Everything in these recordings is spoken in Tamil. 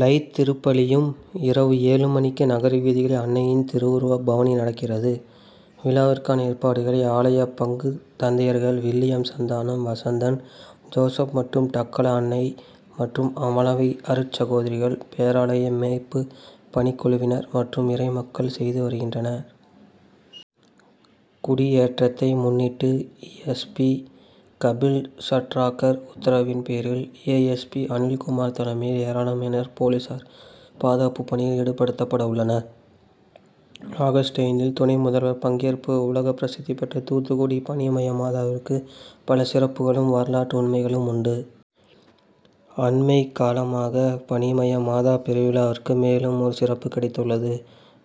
லைத் திருப்பலியும், இரவு ஏழு மணிக்கு நகர வீதிகளில் அன்னையின் திருவுருவப் பவனி நடக்கிறது. விழாவி ற்கான ஏற்பாடுகளை ஆல ய பங்கு தந்தையர்கள் வில்லியம் சந்தானம், வசந்தன், ஜோசப் மற்றும் டக்கல அன்னை மற்றும் அமலவை அருட்சகோதரிகள், பேராலய மேய்ப்புப் ப ணிக்குழுவினர் மற்றும் இறைமக்கள் செய்துவருகின்றனர். கொடியேற்றத் தை மு ன்னிட்டு எஸ். பி.,கபில்சராட்கர் உத்தரவின் பே ரில் ஏஎஸ்பி., அனில்குமார் லமையில் ஏராளமான போ லீசார் பாதுகாப்பு பணியில் ஈடுபடுத்தப்படவுள்ளனர். ஆகஸ்ட் ஐந்தில் துணை முதல்வர் பங்கேற்பு உலக பிரசித்தி பெற்ற தூத்துக்குடி பனிமய மாதாவிற்கு பல சிறப்புகளும், வரலாற்று உண்மைகளும் உண்டு. அண்மைகாலமாக பனிமய மாதா பெருவிழாவிற்கு மேலும் ஒரு சிறப்பு கிடைத்துள்ளது.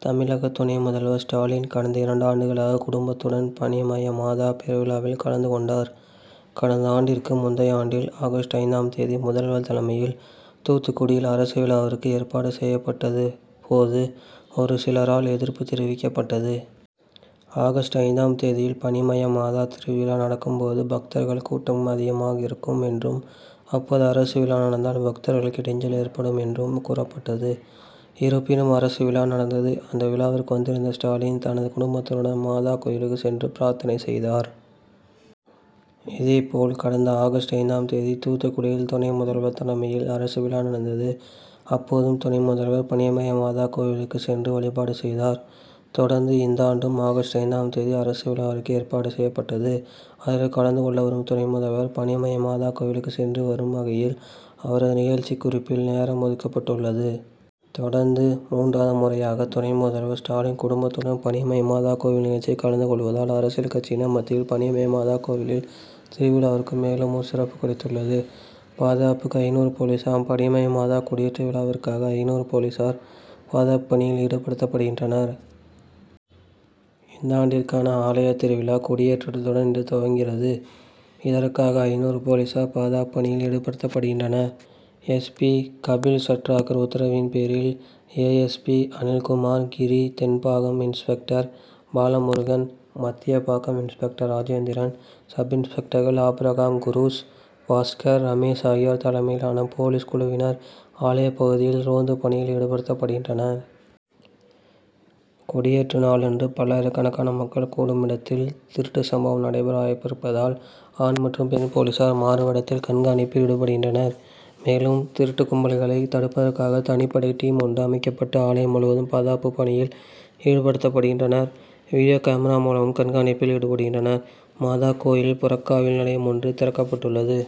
தமிழக துணை முதல்வர் ஸ்டாலின் கடந்த இரண்டு ஆண்டுகளாக குடும்பத்துடன் பனிமயமாத பெருவிழாவில் கலந்து கொண்டார். கடந்த ஆண்டிற்கு முந்தைய ஆண்டில் ஆகஸ்ட்ஐந்தாம் தேதி முதல்வர் தலைமையில் தூத்துக்குடியில் அரசு விழாவிற்கு ஏற்பாடு செய்யப்பட்டது போது ஒரு சிலரால் எதிர்ப்பு தெரிவிக்கப்பட்டது. ஆகஸ்ட் ஐந்தாம் தேதியில் பனிமய மாதா திருவிழா நடக்கும் போது பக்தர்கள் கூட்டம் அதிகமாக இருக்கும் என்றும் அப்போது அரசு விழா நடந்தால் பக்தர்களுக்கு இடைஞ்சல் ஏற்படும் என்றும் கூறப்பட்டது. இருப்பினும் அரசு விழா நடந்தது. அந்த விழாவிற்கு வந்திருந்த ஸ்டாலின் தனது குடும்பத்தினருடன் மாதா கோவிலுக்கு சென்று பிராத்தனை செய்தார். இதேபோல் கடந்த ஆகஸ்ட் ஐந்தாம் தேதி தூத்துக்குடியில் துணை முதல்வர் தலைமையில் அரசு விழா நடந்தது. அப்போதும் துணை முதல்வர் பனிமய மாதா கோவிலுக்கு சென்று வழிபாடு செய்தார். தொடர்ந்து இந்தாண்டும் ஆகஸ்ட் ஐந்தாம் தேதி அரசு விழாவிற்கு ஏற்பாடு செய்யப்பட்டது. அதில் கலந்து கொள்ள வரும் துணை முதல்வர் பனிமய மாதா கோவிலுக்கு சென்று வரும் வகையில் அவரது நிகழ்ச்சி குறிப்பில் நேரம் ஒதுக்கப்பட்டுள்ளது. தொடர்ந்து மூன்றாவது முறையாக துணை முதல்வர் ஸ்டாலின் குடும்பத்துடன் பனிமய மாதா கோவில் நிகழ்ச்சியில் கலந்து கொள்வதால் அரசியல் கட்சியினர் மத்தியில் பனிமய மாதா கோவில் திருவிழாவிற்கு மேலும் ஒரு சிறப்பு கிடைத்துள்ளது. பாதுகாப்புக்கு ஐந்நூறு போலீசார் பனிமய மாதா கொடியேற்று விழாவிற்காக ஐந்நூறு போலீசார் பாதுகாப்பு பணியில் ஈடுபடுத்தப்படுகின்றனர். இந்தாண்டிற்கான ஆலய திருவிழா கொடியேற்றத்துடன் இன்று துவங்குகிறது. இதற்காக ஐந்நூறு போலீசார் பாதுகாப்பு பணியில் ஈடுபடுத்தப்படுகின்றனர். எஸ். பி., கபில்சரட்கர் உத்தரவின்பேரில் A. S. P., Anilkumar Giri, தென்பாகம் இன்ஸ்பெக்டர் பாலமுருகன், மத்தியபாகம் இன்ஸ்பெக்டர் ராஜேந்திரன், சப்-இன்ஸ்பெக்டர்கள் ஆபிரகாம் குரூஸ், பாஸ்கர், ரமேஷ் ஆகியோர் தலைமையிலான போலீஸ் குழுவினர் ஆலய பகுதியில் ரோந்து பணியில் ஈடுபடுத்தப்படுகின்றனர். கொடியேற்று நாளன்று பல்லாயிரக்கணக்கான மக்கள் கூடும் இடத்தில் திருட்டுச்சம்பவம் நடைபெற வாய்ப்பிருப்பதால் ஆண் மற்றும் பெண் போலீசார் மாறுவேடத்தில் கண்காணிப்பில் ஈடுபடுகின்றனர். மேலும் திருட்டுக்கும்பல்களை தடுப்பதற்காக தனிப்படை டீம் ஒன்று அமைக்கப்பட்டு ஆலயம் முழுவதும் பாதுகாப்பு பணியில் ஈடுபடுத்தப்படுகின்றனர். வீடியோ கேமரா மூலமும் கண்காணிப்பில் ஈடுபடுகின்றனர். மாதா கோயில் புறக்காவல் நிலையம் ஒன்று திறக்கப்பட்டுள்ளது.